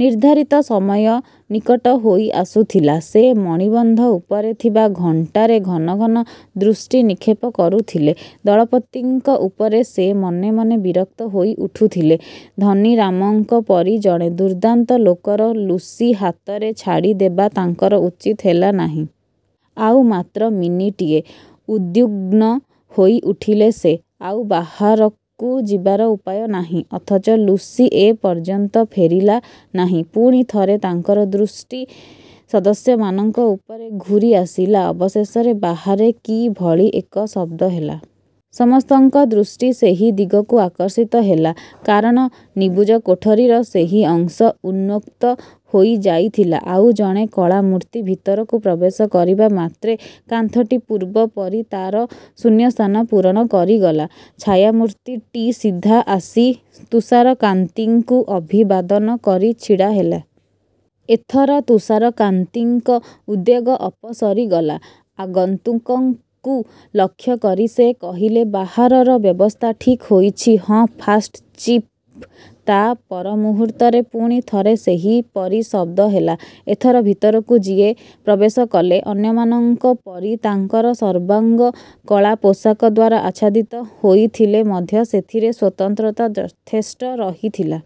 ନିର୍ଦ୍ଧାରିତ ସମୟ ନିକଟ ହୋଇ ଆସୁଥିଲା। ସେ ମଣିବନ୍ଧ ଉପରେ ଥିବା ଘଣ୍ଟାରେ ଘନ ଘନ ଦୃଷ୍ଟିନିକ୍ଷେପ କରୁଥିଲେ। ଦଳପତିଙ୍କ ଉପରେ ସେ ମନେ ମନେ ବିରକ୍ତ ହୋଇ ଉଠୁଥିଲେ। ଧନୀରାମଙ୍କ ପରି ଜଣେ ଦୁର୍ଦ୍ଦାନ୍ତ ଲୋକର ଲୁସି ହାତରେ ଛାଡ଼ିଦେବା ତାଙ୍କର ଉଚିତ ହେଲା ନାହିଁ। ଆଉ ମାତ୍ର ମିନିଟିଏ। ଉଦ୍ବିଗ୍ନ ହୋଇ ଉଠିଲେ ସେ। ଆଉ ବାହାରକୁ ଯିବାର ଉପାୟ ନାହିଁ; ଅଥଚ ଲୁସି ଏ ପର୍ଯ୍ୟନ୍ତ ଫେରିଲା ନାହିଁ। ପୁଣି ଥରେ ତାଙ୍କର ଦୃଷ୍ଟି ସଦସ୍ୟମାନଙ୍କ ଉପରେ ଘୁରି ଆସିଲା। ଅବଶେଷରେ ବାହାରେ କି ଭଳି ଏକ ଶବ୍ଦ ହେଲା। ସମସ୍ତଙ୍କ ଦୃଷ୍ଟି ସେହି ଦିଗକୁ ଆକର୍ଷିତ ହେଲା। କାରଣ ନିବୁଜ କୋଠରିର ସେହି ଅଂଶ ଉନ୍ମୁକ୍ତ ହୋଇ ଯାଇଥିଲା, ଆଉ ଜଣେ କଳା ମୂର୍ତ୍ତି ଭିତରକୁ ପ୍ରବେଶ କରିବା ମାତ୍ରେ କାନ୍ଥଟି ପୂର୍ବ ପରି ତାର ଶୂନ୍ୟସ୍ଥାନ ପୂରଣ କରିଗଲା-। ଛାୟାମୂର୍ତ୍ତିଟି ସିଧା ଆସି ତୁଷାରକାନ୍ତିଙ୍କୁ ଅଭିବାଦନ କରି ଛିଡ଼ା ହେଲା। ଏ ଥର ତୁଷାରକାନ୍ତିଙ୍କ ଉଦ୍ବେଗ ଅପସରି ଗଲା। ଆଗନ୍ତୁକକୁ ଲକ୍ଷ୍ୟ କରି ସେ କହିଲେ-ବାହାରର ବ୍ୟବସ୍ଥା ଠିକ୍ ହୋଇଛି? ହଁ, ଫାଷ୍ଟ ଚିଫ୍। ତା ପରମୁହୂର୍ତ୍ତରେ ପୁଣି। ଥରେ ସେହିପରି ଶବ୍ଦ ହେଲା। ଏଥର ଭିତରକୁ ଯିଏ ପ୍ରବେଶ କଲେ, ଅନ୍ୟମାନଙ୍କ ପରି ତାଙ୍କର ସର୍ବାଙ୍ଗ କଳା ପୋଷାକ ଦ୍ୱାରା ଆଚ୍ଛାଦିତ ହୋଇଥିଲେ ମଧ୍ୟ ସେଥିରେ ସ୍ୱତନ୍ତ୍ରତା ଯଥେଷ୍ଟ ରହିଥିଲା।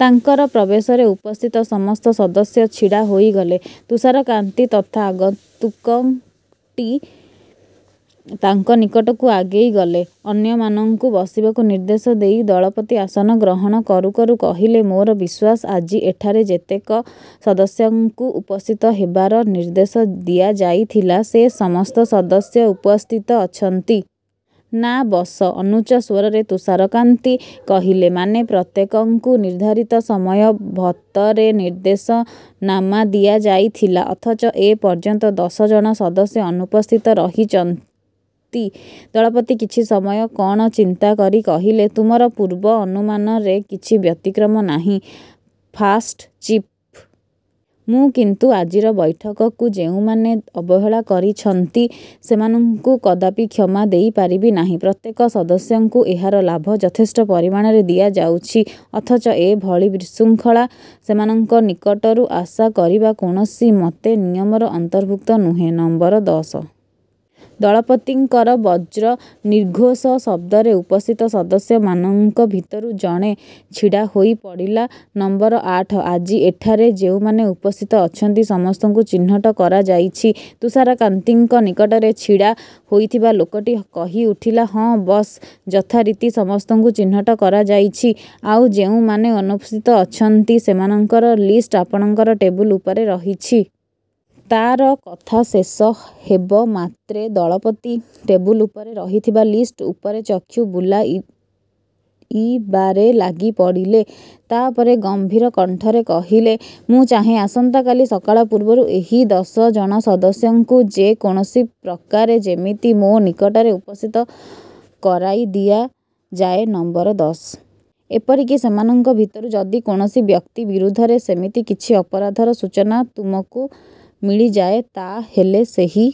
ତାଙ୍କର ପ୍ରବେଶରେ ଉପସ୍ଥିତ ସମସ୍ତ ସଦସ୍ୟ ଛିଡ଼ା ହୋଇଗଲେ। ତୁଷାରକାନ୍ତି ତଥା ଆଗନ୍ତୁକଟି ତାଙ୍କ ନିକଟକୁ ଆଗେଇ ଗଲେ। ଅନ୍ୟମାନଙ୍କୁ ବସିବାକୁ ନିର୍ଦ୍ଦେଶ ଦେଇ ଦଳପତି ଆସନ ଗ୍ରହଣ କରୁ କରୁ କହିଲେ-ମୋର ବିଶ୍ୱାସ, ଆଜି ଏଠାରେ ଯେତେକ ସଦସ୍ୟଙ୍କୁ ଉପସ୍ଥିତ ହେବାର ନିର୍ଦ୍ଦେଶ ଦିଆଯାଇଥିଲା, ସେ ସମସ୍ତ ସଦସ୍ୟ ଉପସ୍ଥିତ ଅଛନ୍ତି। ନା, ବସ। -ଅନୁଚ୍ଚ ସ୍ୱରରେ ତୁଷାରକାନ୍ତି କହିଲେ। ମାନେ? ପ୍ରତ୍ୟେକଙ୍କୁ ନିର୍ଦ୍ଧାରିତ ସମୟ ଭତରେ ନିର୍ଦ୍ଦେଶନାମା ଦିଆଯାଇଥିଲା; ଅଥଚ ଏ ପର୍ଯ୍ୟନ୍ତ ଦଶ ଜଣ ସଦସ୍ୟ ଅନୁପସ୍ଥିତ ରହିଛନ୍ତି। ଦଳପତି କିଛି ସମୟ କଣ ଚିନ୍ତା କରି କହିଲେ-ତୁମର ପୂର୍ବ ଅନୁମାନରେ କିଛି ବ୍ୟତିକ୍ରମ ନାହିଁ, ଫାଷ୍ଟ ଚିଫ୍। ମୁ କିନ୍ତୁ ଆଜିର ବୈଠକକୁ ଯେଉଁମାନେ ଅବହେଳା କରିଛନ୍ତି, ସେମାନଙ୍କୁ କଦାପି କ୍ଷମା ଦେଇପାରିବି ନାହିଁ। ପ୍ରତ୍ୟେକ ସଦସ୍ୟଙ୍କୁ ଏହାର ଲାଭ ଯଥେଷ୍ଟ ପରିମାଣରେ ଦିଆଯାଉଛି; ଅଥଚ ଏ ଭଳି ବିଶୃଙ୍ଖଳା ସେମାନଙ୍କ ନିକଟରୁ ଆଶା କରିବା କୌଣସିମତେ ନିୟମର ଅନ୍ତର୍ଭୁକ୍ତ ନୁହେଁ। ନମ୍ବର ଦଶ! ଦଳପତିଙ୍କର ବଜ୍ରନିର୍ଘୋଷ ଶବ୍ଦରେ ଉପସ୍ଥିତ ସଦସ୍ୟ ମାନଙ୍କ ଭିତରୁ ଜଣେ ଛିଡ଼ା ହୋଇପଡ଼ିଲା। ନମ୍ବର ଆଠ, ଆଜି ଏଠାରେ ଯେଉଁମାନେ ଉପସ୍ଥିତ ଅଛନ୍ତି ସମସ୍ତଙ୍କୁ ଚିହ୍ନଟ କରାଯାଇଛି? ତୁଷାରକାନ୍ତିଙ୍କ ନିକଟରେ ଛିଡ଼ା ହୋଇଥିବା ଲୋକଟି କହି ଉଠିଲା-ହଁ, ବସ। ଯଥାରୀତି ସମସ୍ତଙ୍କୁ ଚିହ୍ନଟ କରାଯାଇଛି, ଆଉ ଯେଉଁମାନେ ଅନୁପସ୍ଥିତ ଅଛନ୍ତି, ସେମାନଙ୍କର ଲିଷ୍ଟ ଆପଣଙ୍କର ଟେବୁଲ ଉପରେ ରହିଛି। ତାର କଥା ଶେଷ ହେବ ମାତ୍ରେ ଦଳପତି ଟେବୁଲ ଉପରେ ରହିଥିବା ଲିଷ୍ଟ ଉପରେ ଚକ୍ଷୁ ବୁଲାଇବାରେ ଲାଗିପଡ଼ିଲେ। ତା ପରେ ଗମ୍ଭୀର କଣ୍ଠରେ କହିଲେ-''ମୁଁ ଚାହେଁ ଆସନ୍ତା କାଲି ସକାଳ ପୂର୍ବରୁ ଏହି ଦଶ ଜଣ ସଦସ୍ୟଙ୍କୁ ଯେ କୌଣସି ପ୍ରକାରେ ଯେମିତି ମୋ ନିକଟରେ ଉପସ୍ଥିତ କରାଇ ଦିଆଯାଏ, ନମ୍ବର ଦଶ। ଏପରିକି ସେମାନଙ୍କ ଭିତରୁ ଯଦି କୌଣସି ବ୍ୟକ୍ତି ବିରୁଦ୍ଧରେ ସେମିତି କିଛି ଅପରାଧର ସୂଚନା ତୁମକୁ ମିଳିଯାଏ, ତା ହେଲେ ସେହି